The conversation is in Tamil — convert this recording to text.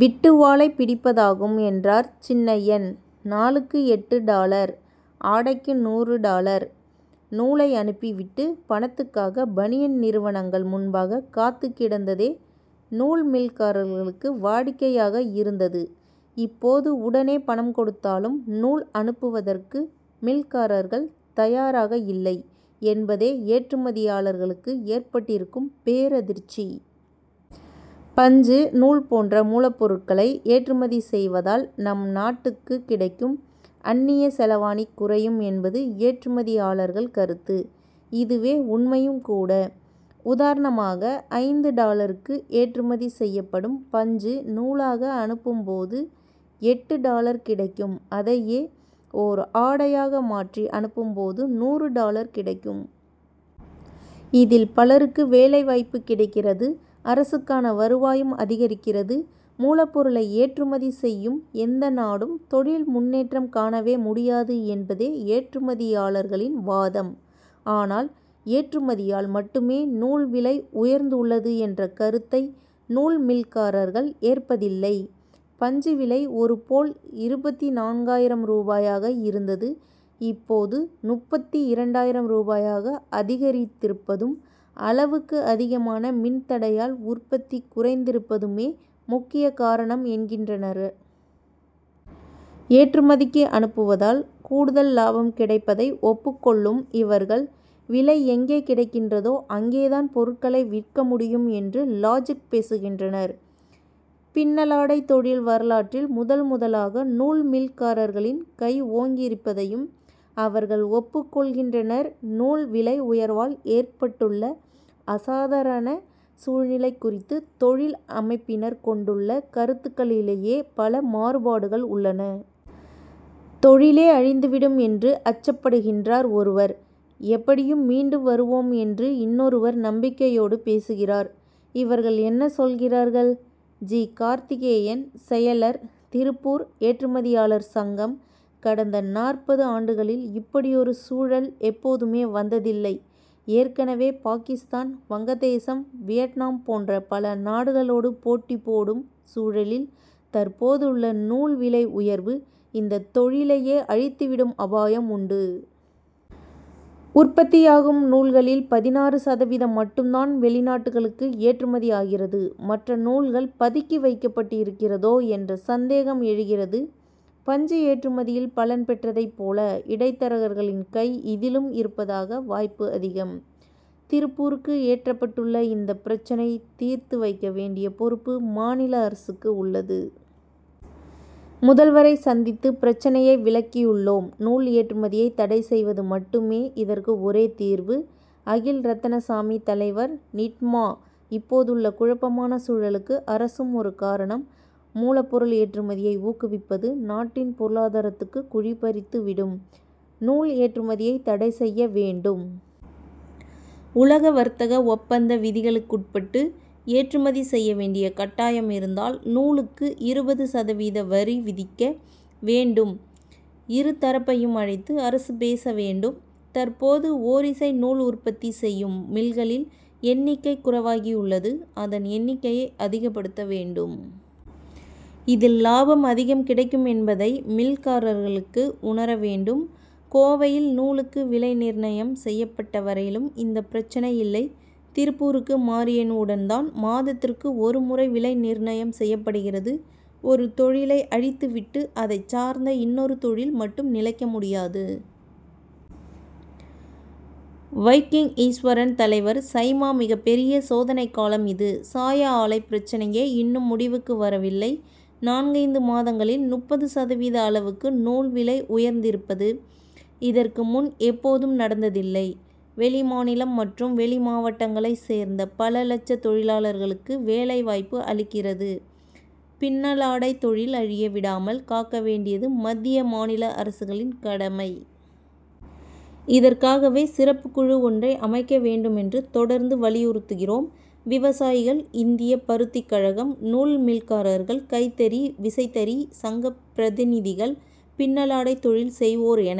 விட்டு வாலை பிடிப்பதாகும், என்றார் சின்னையன். நூலுக்கு எட்டு டாலர்; ஆடைக்கு நூறு டாலர்! நூலை அனுப்பி விட்டு, பணத்துக்காக பனியன் நிறுவனங்கள் முன்பாக காத்துக் கிடந்ததே நூல் மில்காரர்களுக்கு வாடிக்கையாக இருந்தது. இப்போது, உடனே பணம் கொடுத்தாலும், நூல் அனுப்புவதற்கு மில்காரர்கள் தயாராயில்லை என்பதே ஏற்றுமதியாளர்களுக்கு ஏற்பட்டிருக்கும் பேரதிர்ச்சி. பஞ்சு, நூல் போன்ற மூலப்பொருட்களை ஏற்றுமதி செய்வதால், நம் நாட்டுக்குக் கிடைக்கும் அந்நியச் செலாவணி குறையும் என்பது ஏற்றுமதியாளர்கள் கருத்து. இதுவே, உண்மையும் கூட. உதாரணமாக, ஐந்து டாலருக்கு ஏற்றுமதி செய்யப்படும் பஞ்சு, நூலாக அனுப்பும் போது எட்டு டாலர் கிடைக்கும். அதையே, ஓர் ஆடையாக மாற்றி அனுப்பும்போது, நூறு டாலர் கிடைக்கும். இதில், பலருக்கு வேலை வாய்ப்பு கிடைக்கிறது. அரசுக்கான வருவாயும் அதிகரிக்கிறது. மூலப்பொருளை ஏற்றுமதி செய்யும் எந்த நாடும், தொழில் முன்னேற்றம் காணவே முடியாது என்பதே ஏற்றுமதியாளர்களின் வாதம். ஆனால், ஏற்றுமதியால் மட்டுமே நூல் விலை உயர்ந்துள்ளது என்ற கருத்தை, நூல் மில்காரர்கள் ஏற்பதில்லை. பஞ்சு விலை ஒரு பேல் இருபத்து நான்காயிரம் ரூபாயாக இருந்து, இப்போது முப்பத்து இரண்டாயிரம் ரூபாயாக அதிகரித்திருப்பதும், அளவுக்கு அதிகமான மின் தடையால் உற்பத்தி குறைந்திருப்பதுமே முக்கிய காரணங்கள் என்கின்றனர். ஏற்றுமதிக்கு அனுப்புவதால் கூடுதல் லாபம் கிடைப்பதை ஒப்புக் கொள்ளும் இவர்கள், விலை எங்கே கிடைக்கிறதோ, அங்கேதான் பொருட்களை விற்க முடியும் என்று லாஜிக் பேசுகின்றனர். பின்னலாடை தொழில் வரலாற்றில் முதல் முதலாக நூல் மில்காரர்களின் கை ஓங்கியிருப்பதையும் அவர்கள் ஒப்புக் கொள்கின்றனர்நூல் விலை உயர்வால் ஏற்பட்டுள்ள அசாதாரண சூழ்நிலை குறித்து, தொழில் அமைப்பினர் கொண்டுள்ள கருத்துக்களிலேயே பல மாறுபாடுகள் உள்ளன. தொழிலே அழிந்து விடும் என்று அச்சப்படுகிறார் ஒருவர்; எப்படியும் மீண்டு வருவோம் என்று இன்னொருவர் நம்பிக்கையோடு பேசுகிறார். இவர்கள் என்ன சொல்கிறார்கள்? ஜி. கார்த்திகேயன், செயலர், திருப்பூர் ஏற்றுமதியாளர் சங்கம்: கடந்த நாற்பது ஆண்டுகளில் இப்படியொரு சூழல் எப்போதுமே வந்ததில்லை. ஏற்கனவே, பாகிஸ்தான், வங்கதேசம், வியட்நாம் போன்ற பல நாடுகளோடு போட்டி போடும் சூழலில், தற்போதுள்ள நூல் விலை உயர்வு, இந்த தொழிலையே அழித்துவிடும் அபாயம் உண்டு. உற்பத்தியாகும் நூல்களில் பதினாறு சதவீதம் மட்டும்தான், வெளிநாடுகளுக்கு ஏற்றுமதியாகிறது. மற்ற நூல்கள் பதுக்கி வைக்கப்பட்டிருக்கிறதோ என்ற சந்தேகம் எழுகிறது. பஞ்சு ஏற்றுமதியில் பலன் பெற்றதைப் போல இடைத்தரகர்களின் கை இதிலும் இருப்பதற்கான வாய்ப்பு அதிகம். திருப்பூருக்கு ஏற்பட்டுள்ள இந்த பிரச்னையைத் தீர்த்து வைக்க வேண்டிய பொறுப்பு, மாநில அரசுக்கும் உள்ளது. முதல்வரைச் சந்தித்து பிரச்னையை விளக்கவுள்ளோம். நூல் ஏற்றுமதியை தடை செய்வது மட்டுமே, இதற்கு ஒரே தீர்வு. அகில் ரத்தினசாமி, தலைவர், நிட்மா: இப்போதுள்ள குழப்பமான சூழலுக்கு அரசும் ஒரு காரணம். மூலப்பொருள் ஏற்றுமதியை ஊக்குவிப்பது, நாட்டின் பொருளாதாரத்துக்கு குழி பறித்து விடும். நூல் ஏற்றுமதியை தடை செய்ய வேண்டும். உலக வர்த்தக ஒப்பந்த விதிகளுக்குட்பட்டு, ஏற்றுமதி செய்ய வேண்டிய கட்டாயம் இருந்தால் நூலுக்கு இருபது சதவீத வரி விதிக்க வேண்டும். இரு தரப்பையும் அழைத்து அரசு பேச வேண்டும். தற்போது ஒசைரி நூல் உற்பத்தி செய்யும் மில்களின் எண்ணிக்கை குறைவாகவுள்ளது. அதன் எண்ணிக்கையை அதிகப்படுத்த வேண்டும். இதில் லாபம் அதிகம் கிடைக்குமென்பதை மில்காரர்களும் உணர வேண்டும். கோவையில் நூலுக்கு விலை நிர்ணயம் செய்யப்பட்ட வரையிலும், இந்த பிரச்னை இல்லை. திருப்பூருக்கு மாறியவுடன்தான், மாதத்துக்கு ஒரு முறை விலை நிர்ணயம் செய்யப்படுகிறது. ஒரு தொழிலை அழித்து விட்டு, அதைச் சார்ந்த இன்னொரு தொழில் மட்டும் நிலைக்க முடியாது. வைகிங் ஈஸ்வரன், தலைவர், சைமா மிகப்பெரிய சோதனைக்காலம் இது. சாய ஆலை பிரச்னையே இன்னும் முடிவுக்கு வரவில்லை. நான்கைந்து மாதங்களில் முப்பது சதவீத அளவுக்கு நூல் விலை உயர்ந்திருப்பது, இதற்கு முன் எப்போதும் நடந்ததில்லை. வெளிமாநிலம் மற்றும் வெளி மாவட்டங்களைச் சேர்ந்த பல லட்சம் தொழிலாளர்களுக்கு வேலை வாய்ப்பு அளிக்கிற பின்னலாடைத் தொழில் அழிய விடாமல் காக்க வேண்டியது மத்திய, மாநில அரசுகளின் கடமை. இதற்காகவே, சிறப்புக் குழு ஒன்றை அமைக்க வேண்டுமென்று தொடர்ந்து வலியுறுத்துகிறோம். விவசாயிகள், இந்திய பருத்திக் கழகம், நூல் மில்காரர்கள், கைத்தறி, விசைத்தறி சங்க பிரதிநிதிகள், பின்னலாடைத் தொழில் செய்வோர் என